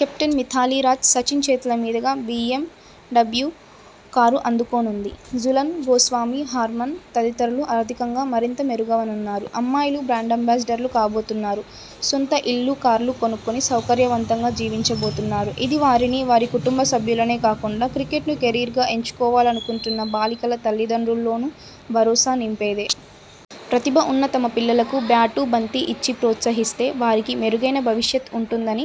Captain Mithali Raj Sachin చేతుల మీదుగా BMW car అందుకోనుంది. Jhulan Goswami, Harman తదితరులు ఆర్థికంగా మరింత మెరుగవనున్నారు. అమ్మాయిలు బ్రాండ్ అంబాసిడర్లు కాబోతున్నారు. సొంత ఇళ్లు, కార్లు కొనుక్కొని సౌకర్యవంతంగా జీవించబోతున్నారు. ఇది వారిని, వారి కుటుంబ సభ్యులనే కాకుండా క్రికెట్ను కెరీర్గా ఎంచుకోవాలనుకుంటున్న బాలికల తల్లిదండ్రుల్లోనూ భరోసా నింపేదే. ప్రతిభ ఉన్న తమ పిల్లలకు బ్యాటు, బంతి ఇచ్చి ప్రోత్సహిస్తే వారికి మెరుగైన భవిష్యత్ ఉంటుందని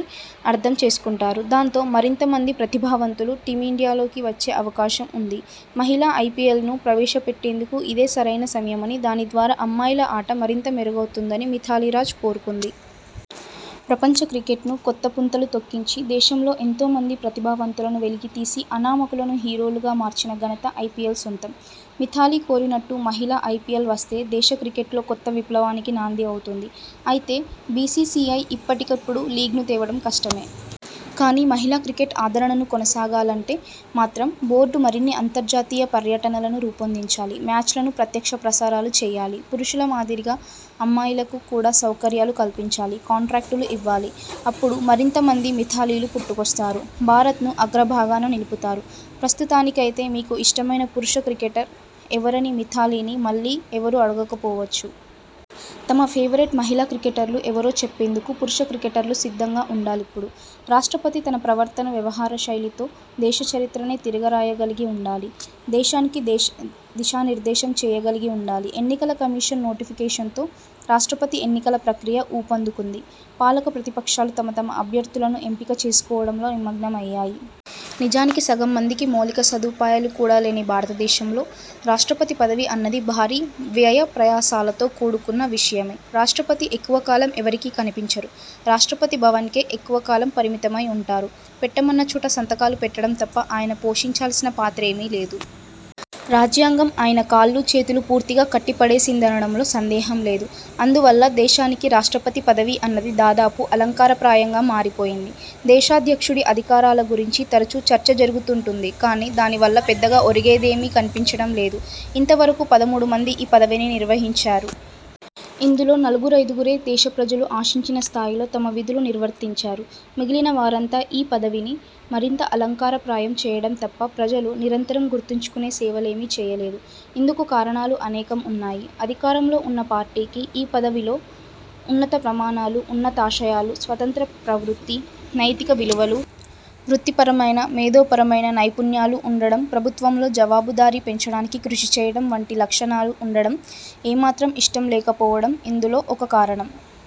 అర్థం చేసుకుం టారు. దాంతో, మరింతమంది ప్రతిభావంతులు టీమిండియాలోకి వచ్చే అవకాశం ఉంది. మహిళా ఐపీఎల్ను ప్రవేశ పెట్టేందుకు ఇదే సరైన సమయమని, దాని ద్వారా అమ్మాయిల ఆట మరింత మెరుగవుతుందని మిథాలీ రాజ్ కోరుతోంది. ప్రపంచ క్రికెట్ను కొత్త పుంతలు తొక్కించి దేశంలో ఎంతో మంది ప్రతిభావంతులను వెలికితీసి అనామకులను హీరోలుగా మార్చిన ఘనత ఐపీఎల్ సొంతం. మిథాలీ కోరినట్టు మహి ళా ఐపీఎల్ వస్తే దేశ క్రికెట్లో కొత్త విప్లవానికి నాంది అవుతుంది. అయితే, బీసీసీఐ ఇప్పటికిప్పుడు లీగ్ను తేవడం కష్టమే. కానీ, మహిళా క్రికెట్ ఆదరణను కొనసాగాలంటే మాత్రం బోర్డు మరిన్ని అంతర్జాతీయ పర్యటనలను రూపొందించాలి. మ్యాచ్లను ప్రత్యక్ష ప్రసారాలు చేయాలి. పురుషుల మాదిరిగా అమ్మాయిలకు కూడా సౌకర్యాలు కల్పించాలి. కాంట్రాక్టులు ఇవ్వాలి. అప్పుడు మరింత మంది మిథాలీలు పుట్టుకొస్తారు. భారత్ను అగ్రభాగాన నిలుపుతారు. ప్రస్తుతానికైతే మీకు ఇష్ట మైన పురుష క్రికెటర్ ఎవరని మిథాలీని మళ్లీ ఎవ రూ అడగకపోవచ్చు. తమ ఫేవరెట్ మహిళా క్రికెటర్లు ఎవరో చెప్పేందుకు పురుష క్రికెటర్లు సిద్ధంగా ఉండాలిప్పుడు! రాష్ట్రపతి తన ప్రవర్తన, వ్యవహారశైలితో దేశ చరిత్రనే తిరగరాయగలిగి ఉండాలి. దేశానికి దిశానిర్దేశం చేయగలిగి ఉండాలి. ఎన్నికల కమిషన్ నోటిఫికేషన్తో రాష్ట్రపతి ఎన్నికల ప్రక్రియ ఊపందుకుంది. పాలక, ప్రతిపక్షాలు తమ తమ అభ్యర్థులను ఎంపిక చేసుకోవడంలో నిమగ్నమయ్యాయి. నిజానికి, సగం మందికి మౌలిక సదుపాయాలు కూడా లేని భారతదేశంలో రాష్ట్రపతి పదవి అన్నది భారీ వ్యయప్రయాసలతో కూడుకున్న విషయమే. రాష్ట్రపతి ఎక్కువ కాలం ఎవరికీ కనిపించరు. రాష్ట్రపతి భవన్కే ఎక్కువ కాలం పరిమితమై ఉంటారు. పెట్టమన్న చోట సంతకాలు పెట్టడం తప్ప ఆయన పోషించాల్సిన పాత్రేమీ లేదు. రాజ్యాంగం ఆయన కాళ్లూ చేతులూ పూర్తిగా కట్టి పడేసిందనడంలో సందేహం లేదు. అందువల్ల దేశానికి రాష్ట్రపతి పదవి అన్నది దాదాపు అలంకారప్రాయంగా మారిపోయింది. దేశాధ్యక్షుడి అధికారాల గురించి తరచూ చర్చ జరుగుతుంటుంది కానీ, దాని వల్ల పెద్దగా ఒరిగేదేమీ కనిపించడం లేదు. ఇంతవరకూ పదమూడు మంది ఈ పదవిని నిర్వహించారు. ఇందులో నలుగురైదుగురే దేశ ప్రజలు ఆశించిన స్థాయిలో తమ విధులు నిర్వర్తించారు. మిగిలినవారంతా ఈ పదవిని మరింత అలంకారప్రాయం చేయడం తప్ప ప్రజలు నిరంతరం గుర్తుంచుకునే సేవలేమీ చేయలేదు. ఇందుకు కారణాలు అనేకం ఉన్నాయి. అధికారంలో ఉన్న పార్టీకి ఈ పదవిలో ఉన్నత ప్రమాణాలు, ఉన్నతాశయాలు, స్వతంత్ర ప్రవృత్తి, నైతిక విలువలు, వృత్తిపరమైన, మేధోపరమైన నైపుణ్యాలు ఉండడం, ప్రభుత్వంలో జవాబు దారీ పెంచడానికి కృషి చేయడం వంటి లక్షణాలు ఉండడం ఏమాత్రం ఇష్టం లేకపోవడం ఇందులో ఒక కారణం.